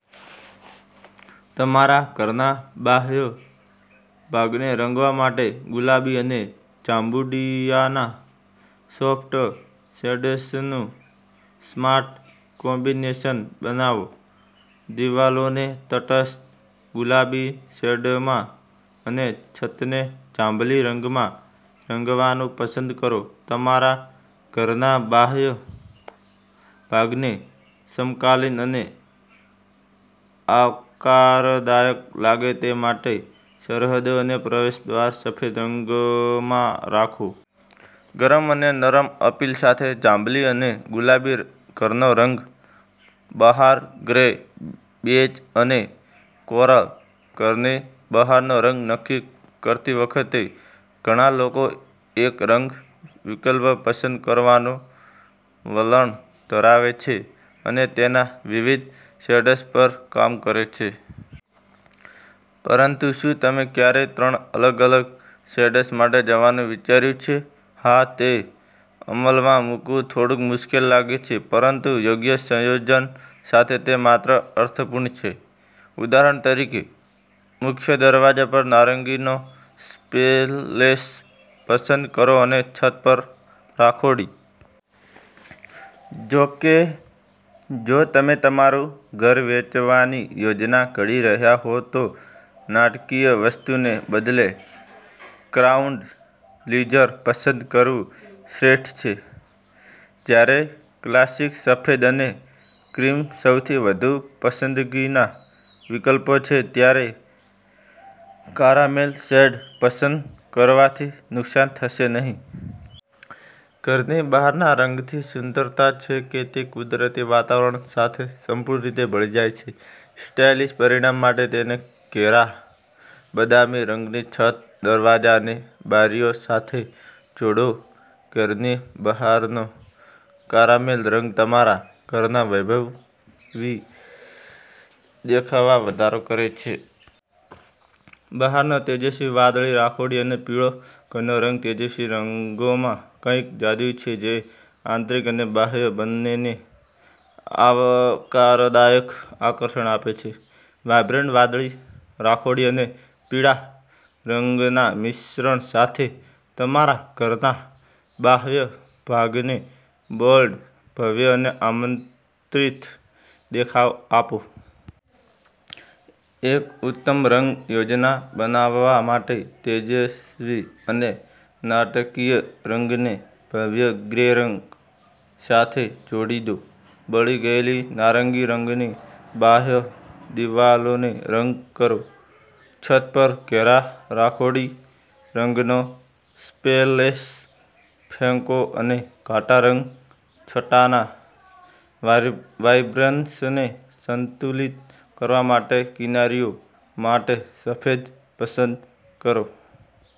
તમારા ઘરના બાહ્ય ભાગને રંગવા માટે ગુલાબી અને જાંબુડિયાના સોફ્ટ શેડ્સનું સ્માર્ટ કોમ્બિનેશન બનાવો. દિવાલોને તટસ્થ ગુલાબી શેડમાં અને છતને જાંબલી રંગમાં રંગવાનું પસંદ કરો. તમારા ઘરના બાહ્ય ભાગને સમકાલીન અને આવકારદાયક લાગે તે માટે સરહદો અને પ્રવેશ દ્વાર સફેદ રંગમાં રાખો. ગરમ અને નરમ અપીલ સાથે જાંબલી અને ગુલાબી ઘરનો રંગ. બહાર ગ્રે, બેજ અને કોરલ. ઘરની બહારનો રંગ નક્કી કરતી વખતે ઘણા લોકો એક રંગ વિકલ્પ પસંદ કરવાનું વલણ ધરાવે છે અને તેના વિવિધ શેડ્સ પર કામ કરે છે. પરંતુ શું તમે ક્યારેય ત્રણ અલગ-અલગ શેડ્સ માટે જવાનું વિચાર્યું છે? હા, તે અમલમાં મૂકવું થોડું મુશ્કેલ લાગે છે, પરંતુ યોગ્ય સંયોજન સાથે તે માત્ર અર્થપૂર્ણ છે. ઉદાહરણ તરીકે, મુખ્ય દરવાજા પર નારંગીનો સ્પ્લેશ પસંદ કરો અને છત પર રાખોડી. જો કે, જો તમે તમારું ઘર વેચવાની યોજના ઘડી રહ્યા હો તો નાટકીય વસ્તુને બદલે ક્રાઉડ-પ્લીઝર પસંદ કરવું શ્રેષ્ઠ છે. જ્યારે ક્લાસિક સફેદ અને ક્રીમ સૌથી વધુ પસંદગીના વિકલ્પો છે, ત્યારે કારામેલ શેડ પસંદ કરવાથી નુકસાન થશે નહીં. ઘરની બહારના રંગની સુંદરતાછે કે તે કુદરતી વાતાવરણ સાથે સંપૂર્ણ રીતે ભળી જાય છે. સ્ટાઇલિશ પરિણામ માટે તેને ઘેરા બદામી રંગની છત, દરવાજા અને બારીઓ સાથે જોડો. ઘરની બહારનો કારામેલ રંગ તમારા ઘરના વૈભવી દેખાવમાં વધારો કરે છે. બહારનો તેજસ્વી વાદળી, રાખોડી અને પીળો ઘરનો રંગ તેજસ્વી રંગોમાં કંઈક જાદુઈ છે જે આંતરિક અને બાહ્ય બંનેને આવકારદાયક આકર્ષણ આપે છે. વાઇબ્રન્ટ વાદળી, રાખોડી અને પીળા રંગના મિશ્રણ સાથે તમારા ઘરના બાહ્ય ભાગને બોલ્ડ, ભવ્ય અને આમંત્રિત દેખાવ આપો. એક ઉત્તમ રંગ યોજના બનાવવા માટે તેજસ્વી અને નાટકીય રંગને ભવ્ય ગ્રે રંગ સાથે જોડી દો. બળી ગયેલી નારંગી રંગની બાહ્ય દિવાલોને રંગ કરો, છત પર ઘેરા રાખોડી રંગનો સ્પ્લેશ ફેંકો અને ઘાટા રંગ છટાના વાઇબ્રન્સને સંતુલિત કરવા માટે કિનારીઓ માટે સફેદ પસંદ કરો.